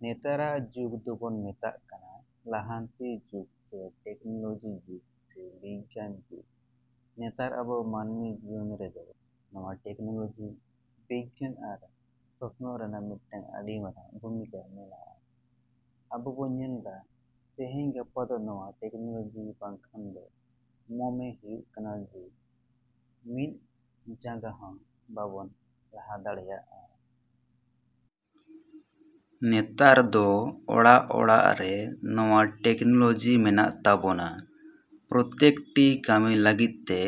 ᱱᱮᱛᱟᱨᱟᱜ ᱡᱩᱜᱽ ᱫᱚᱵᱚᱱ ᱢᱮᱛᱟᱜ ᱠᱟᱱᱟ ᱞᱟᱦᱟᱱᱛᱤ ᱡᱩᱜᱽ ᱥᱮ ᱴᱮᱠᱱᱳᱞᱳᱡᱤ ᱡᱩᱜᱽ ᱥᱮ ᱵᱤᱜᱽᱜᱟᱱ ᱡᱩᱜᱽ᱾ ᱱᱮᱛᱟᱨ ᱟᱵᱚ ᱢᱟᱹᱱᱢᱤ ᱡᱤᱭᱚᱱ ᱨᱮᱫᱚ ᱱᱚᱣᱟ ᱴᱮᱠᱱᱳᱞᱳᱡᱤ, ᱵᱤᱜᱽᱜᱟᱱ ᱟᱨ ᱥᱚᱥᱱᱚᱜ ᱨᱮᱱᱟᱜ ᱢᱤᱫᱴᱟᱝ ᱟᱹᱰᱤ ᱢᱟᱨᱟᱝ ᱵᱷᱩᱢᱤᱠᱟ ᱢᱮᱱᱟᱜᱼᱟ᱾ ᱟᱵᱚ ᱵᱚᱱ ᱧᱮᱞ ᱫᱟ ᱛᱮᱦᱮᱧ ᱜᱟᱯᱟ ᱫᱚ ᱱᱚᱣᱟ ᱴᱮᱠᱱᱳᱞᱳᱡᱤ ᱵᱟᱝᱠᱷᱟᱱ ᱫᱚ ᱢᱚᱱᱮ ᱦᱩᱭᱩᱜ ᱠᱟᱱᱟ ᱡᱮ ᱢᱤᱫ ᱡᱟᱸᱜᱟ ᱦᱚᱸ ᱵᱟᱵᱚᱱ ᱞᱟᱦᱟ ᱫᱟᱲᱮᱭᱟᱜᱼᱟ᱾ ᱱᱮᱛᱟᱨ ᱫᱚ ᱚᱲᱟᱜᱼᱚᱲᱟᱜ ᱨᱮ ᱱᱚᱣᱟ ᱴᱮᱠᱱᱳᱞᱳᱡᱤ ᱢᱮᱱᱟᱜ ᱛᱟᱵᱚᱱᱟ᱾ ᱯᱨᱚᱛᱮᱠᱴᱤ ᱠᱟᱹᱢᱤ ᱞᱟᱹᱜᱤᱫ ᱛᱮ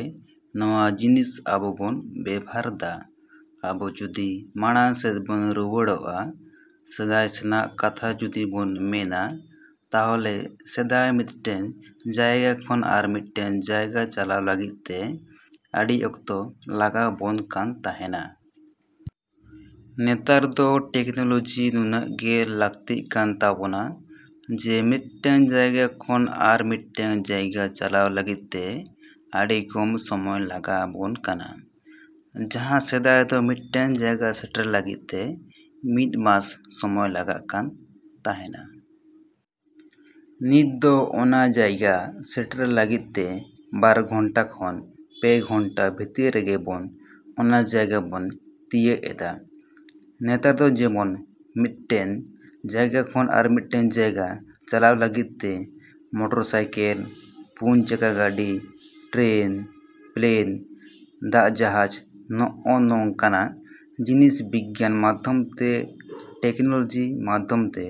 ᱱᱚᱣᱟ ᱡᱤᱱᱤᱥ ᱟᱵᱚ ᱵᱚᱱ ᱵᱮᱵᱚᱦᱟᱨ ᱫᱟ᱾ ᱟᱵᱚ ᱡᱩᱫᱤ ᱢᱟᱲᱟᱝ ᱥᱮᱫ ᱵᱚᱱ ᱨᱩᱣᱟᱹᱲᱚᱜᱼᱟ, ᱥᱮᱫᱟᱭ ᱥᱮᱱᱟᱜ ᱠᱟᱛᱷᱟ ᱡᱩᱫᱤ ᱵᱚᱱ ᱢᱮᱱᱟ ᱛᱟᱦᱚᱞᱮ ᱥᱮᱫᱟᱭ ᱢᱤᱫᱴᱮᱱ ᱡᱟᱭᱜᱟ ᱠᱷᱚᱱ ᱟᱨ ᱢᱤᱫᱴᱮᱱ ᱡᱟᱭᱜᱟ ᱪᱟᱞᱟᱜ ᱛᱮ ᱟᱹᱰᱤ ᱚᱠᱛᱚ ᱞᱟᱜᱟᱣ ᱵᱚᱱ ᱠᱟᱱ ᱛᱟᱦᱮᱸᱱᱟ᱾ ᱱᱮᱛᱟᱨ ᱫᱚ ᱴᱮᱠᱱᱳᱞᱳᱡᱤ ᱱᱩᱱᱟᱹᱜ ᱜᱮ ᱞᱟᱹᱠᱛᱤ ᱠᱟᱱ ᱛᱟᱵᱚᱱᱟ, ᱡᱮ ᱢᱤᱫᱴᱮᱱ ᱡᱟᱭᱜᱟ ᱠᱷᱚᱱ ᱟᱨᱚ ᱢᱤᱫᱴᱮᱱ ᱡᱟᱭᱜᱟ ᱪᱟᱞᱟᱜ ᱞᱟᱹᱜᱤᱫ ᱛᱮ ᱟᱹᱰᱤ ᱠᱚᱢ ᱥᱚᱢᱚᱭ ᱞᱟᱜᱟᱣ ᱵᱚᱱ ᱠᱟᱱᱟ᱾ ᱡᱟᱦᱟᱸ ᱥᱮᱫᱟᱭ ᱫᱚ ᱢᱤᱫᱴᱮᱱ ᱡᱟᱭᱜᱟ ᱥᱮᱴᱮᱨ ᱞᱟᱹᱜᱤᱫ ᱛᱮ ᱢᱤᱫ ᱢᱟᱥ ᱥᱚᱢᱚᱭ ᱞᱟᱜᱟᱜ ᱠᱟᱱ ᱛᱟᱦᱮᱱᱟ᱾ ᱱᱤᱛ ᱫᱚ ᱚᱱᱟ ᱡᱟᱭᱜᱟ ᱥᱮᱴᱮᱨ ᱞᱟᱹᱜᱤᱫ ᱛᱮ ᱵᱟᱨ ᱜᱷᱚᱱᱴᱟ ᱠᱷᱚᱱ ᱯᱮ ᱜᱷᱚᱱᱴᱟ ᱵᱷᱤᱛᱤᱨ ᱨᱮᱜᱮ ᱵᱚᱱ ᱚᱱᱟ ᱡᱟᱭᱜᱟ ᱵᱚᱱ ᱛᱤᱭᱟᱹᱜ ᱮᱫᱟ᱾ ᱱᱮᱛᱟᱨ ᱫᱚ ᱡᱮᱢᱚᱱ ᱢᱤᱫᱴᱮᱱ ᱡᱟᱭᱜᱟ ᱠᱷᱚᱱ ᱟᱨ ᱢᱤᱫᱴᱮᱱ ᱡᱟᱭᱜᱟ ᱪᱟᱞᱟᱜ ᱞᱟᱹᱜᱤᱫ ᱛᱮ ᱢᱚᱴᱚᱨ ᱥᱟᱭᱠᱮᱞ, ᱯᱩᱱ ᱪᱟᱠᱟ ᱜᱟᱹᱰᱤ, ᱴᱨᱮᱱ, ᱯᱞᱮᱱ, ᱫᱟᱜ ᱡᱟᱦᱟᱡᱽ ᱱᱚᱜᱼᱚ ᱱᱚᱝ ᱠᱟᱱᱟᱜ ᱡᱤᱱᱤᱥ ᱵᱤᱜᱽᱜᱟᱱ ᱢᱟᱫᱽᱫᱷᱚᱢ ᱛᱮ, ᱴᱮᱠᱱᱳᱞᱳᱡᱤ ᱢᱟᱫᱽᱫᱷᱚᱢ ᱛᱮ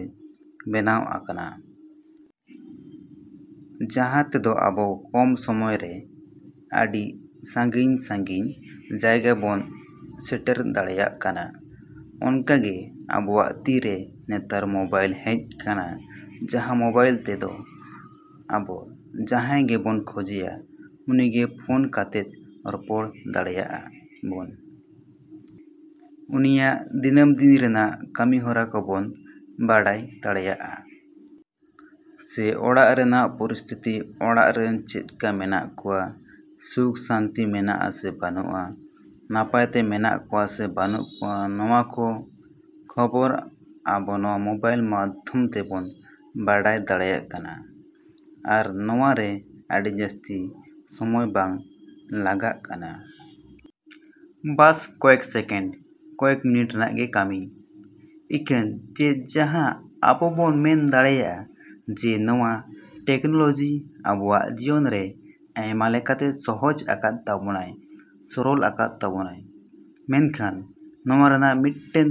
ᱵᱮᱱᱟᱣ ᱠᱟᱱᱟ᱾ ᱡᱟᱦᱟᱸ ᱛᱮᱫᱚ ᱟᱵᱚ ᱠᱚᱢ ᱥᱚᱢᱚᱭ ᱨᱮ ᱟᱰᱤ ᱥᱟᱺᱜᱤᱧᱼᱥᱟᱺᱜᱤᱧ ᱡᱟᱭᱜᱟ ᱵᱚᱱ ᱥᱮᱴᱮᱨ ᱫᱟᱲᱮᱭᱟᱜ ᱠᱟᱱᱟ᱾ ᱚᱱᱠᱟᱜᱮ ᱟᱵᱚᱣᱟᱜ ᱛᱤᱨᱮ ᱱᱮᱛᱟᱨ ᱢᱳᱵᱟᱭᱤᱞ ᱦᱮᱡ ᱠᱟᱱᱟ ᱡᱟᱦᱟᱸ ᱢᱳᱵᱟᱭᱤᱞ ᱛᱮ ᱫᱚ ᱟᱵᱚ ᱡᱟᱦᱟᱸᱭ ᱜᱮᱵᱚᱱ ᱠᱷᱚᱡᱮᱭᱟ ᱩᱱᱤᱜᱮ ᱯᱷᱳᱱ ᱠᱟᱛᱮᱫ ᱨᱚᱯᱚᱲ ᱫᱟᱲᱮᱭᱟᱜᱼᱟ ᱵᱚᱱ, ᱩᱱᱤᱭᱟᱜ ᱫᱤᱱᱟᱹᱢ ᱫᱤᱱ ᱨᱮᱱᱟᱜ ᱠᱟᱹᱢᱤ ᱦᱚᱨᱟ ᱠᱚᱵᱚᱱ ᱵᱟᱰᱟᱭ ᱫᱟᱲᱮᱭᱟᱜᱼᱟ᱾ ᱥᱮ ᱚᱲᱟᱜ ᱨᱮᱱᱟᱜ ᱯᱚᱨᱤᱥᱛᱷᱤᱛᱤ, ᱚᱲᱟᱜ ᱨᱮᱱ ᱪᱮᱫᱠᱟ ᱢᱮᱱᱟᱜ ᱠᱚᱣᱟ, ᱥᱩᱠᱼᱥᱟᱹᱱᱛᱤ ᱢᱮᱱᱟᱜᱼᱟ ᱥᱮ ᱵᱟᱹᱱᱩᱜᱼᱟ, ᱱᱟᱯᱟᱭ ᱛᱮ ᱢᱮᱱᱟᱜ ᱠᱚᱣᱟ ᱥᱮ ᱵᱟᱹᱱᱩᱜ ᱠᱚᱣᱟ ᱱᱚᱣᱟ ᱠᱚ, ᱠᱷᱚᱵᱚᱨ ᱟᱵᱚ ᱱᱚᱣᱟ ᱢᱳᱵᱟᱭᱤᱞ ᱢᱟᱫᱽᱫᱷᱚᱢ ᱛᱮᱵᱚᱱ ᱵᱟᱰᱟᱭ ᱫᱟᱲᱮᱭᱟᱜ ᱠᱟᱱᱟ᱾ ᱟᱨ ᱱᱚᱣᱟ ᱨᱮ ᱟᱹᱰᱤ ᱡᱟᱹᱥᱛᱤ ᱥᱚᱢᱚᱭ ᱵᱟᱝ ᱞᱟᱜᱟᱜᱼᱠᱟᱱᱟ᱾ ᱵᱟᱥ ᱠᱚᱭᱮᱠ ᱥᱮᱠᱮᱱᱰ, ᱠᱚᱭᱮᱠ ᱢᱤᱱᱤᱴ ᱨᱮᱱᱟᱜ ᱜᱮ ᱠᱟᱹᱢᱤ᱾ ᱤᱠᱷᱟᱹᱱ ᱪᱮᱫ ᱡᱟᱦᱟᱸ ᱟᱵᱚ ᱵᱚᱱ ᱢᱮᱱ ᱫᱟᱲᱮᱭᱟᱜᱼᱟ ᱡᱮ ᱱᱚᱣᱟ ᱴᱮᱠᱱᱳᱞᱳᱡᱤ ᱟᱵᱚᱣᱟᱜ ᱡᱤᱭᱚᱱ ᱨᱮ ᱟᱭᱢᱟ ᱞᱮᱠᱟᱛᱮ ᱥᱚᱦᱚᱡᱽ ᱟᱠᱟᱫ ᱛᱟᱵᱚᱱᱟᱭ, ᱥᱚᱨᱚᱞ ᱟᱠᱟᱫ ᱛᱟᱵᱚᱱᱟᱭ᱾ ᱢᱮᱱᱠᱷᱟᱱ ᱱᱚᱣᱟ ᱨᱮᱱᱟᱜ ᱢᱤᱫᱴᱮᱱ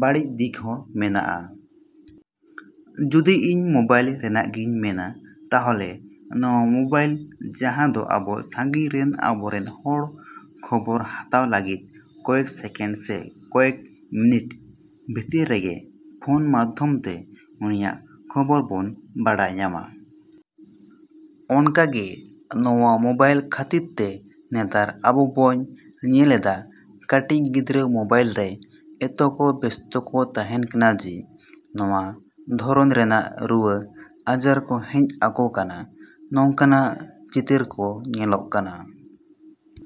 ᱵᱟᱹᱲᱤᱡ ᱫᱤᱠ ᱦᱚᱸ ᱢᱮᱱᱟᱜᱼᱟ᱾ ᱡᱩᱫᱤ ᱤᱧ ᱢᱳᱵᱟᱭᱤᱞ ᱨᱮᱱᱟᱜ ᱜᱤᱧ ᱢᱮᱱᱟ ᱛᱟᱦᱚᱞᱮ ᱱᱚᱣᱟ ᱢᱳᱵᱟᱭᱤᱞ ᱡᱟᱦᱟᱸ ᱫᱚ ᱟᱵᱚ ᱥᱟᱺᱜᱤᱧ ᱨᱮᱱ ᱟᱵᱚ ᱨᱮᱱ ᱦᱚᱲᱟᱜ ᱠᱷᱚᱵᱚᱨ ᱦᱟᱛᱟᱣ ᱞᱟᱹᱜᱤᱫ ᱠᱚᱭᱮᱠ ᱥᱮᱠᱮᱱᱰ ᱥᱮ ᱠᱚᱭᱮᱠ ᱢᱤᱱᱤᱴ ᱵᱷᱤᱛᱨᱤ ᱨᱮᱜᱮ ᱯᱷᱳᱱ ᱢᱟᱫᱽᱫᱷᱚᱢ ᱛᱮ ᱩᱱᱤᱭᱟᱜ ᱠᱷᱚᱵᱚᱨ ᱵᱚᱱ ᱵᱟᱰᱟᱭ ᱧᱟᱢᱟ᱾ ᱚᱱᱠᱟᱜᱮ ᱱᱚᱣᱟ ᱢᱳᱵᱟᱭᱤᱞ ᱠᱷᱟᱹᱛᱤᱨ ᱛᱮ ᱱᱮᱛᱟᱨ, ᱟᱵᱚ ᱵᱚᱱ ᱧᱮᱞᱮᱫᱟ ᱠᱟᱹᱴᱤᱡ ᱜᱤᱫᱽᱨᱟᱹ ᱢᱳᱵᱟᱭᱤᱞ ᱨᱮ ᱮᱛᱚ ᱠᱚ ᱵᱮᱥᱛᱚ ᱠᱚ ᱛᱟᱦᱮᱸᱱ ᱠᱟᱱᱟ ᱡᱮ, ᱱᱚᱣᱟ ᱫᱷᱚᱨᱚᱱ ᱨᱮᱱᱟᱜ ᱨᱩᱣᱟᱹ, ᱟᱡᱟᱨ ᱠᱚ ᱦᱮᱡ ᱟᱠᱚ ᱠᱟᱱᱟ᱾ ᱱᱚᱝᱠᱟᱱᱟᱜ ᱪᱤᱛᱟᱹᱨ ᱠᱚ ᱧᱮᱞᱚᱜ ᱠᱟᱱᱟ᱾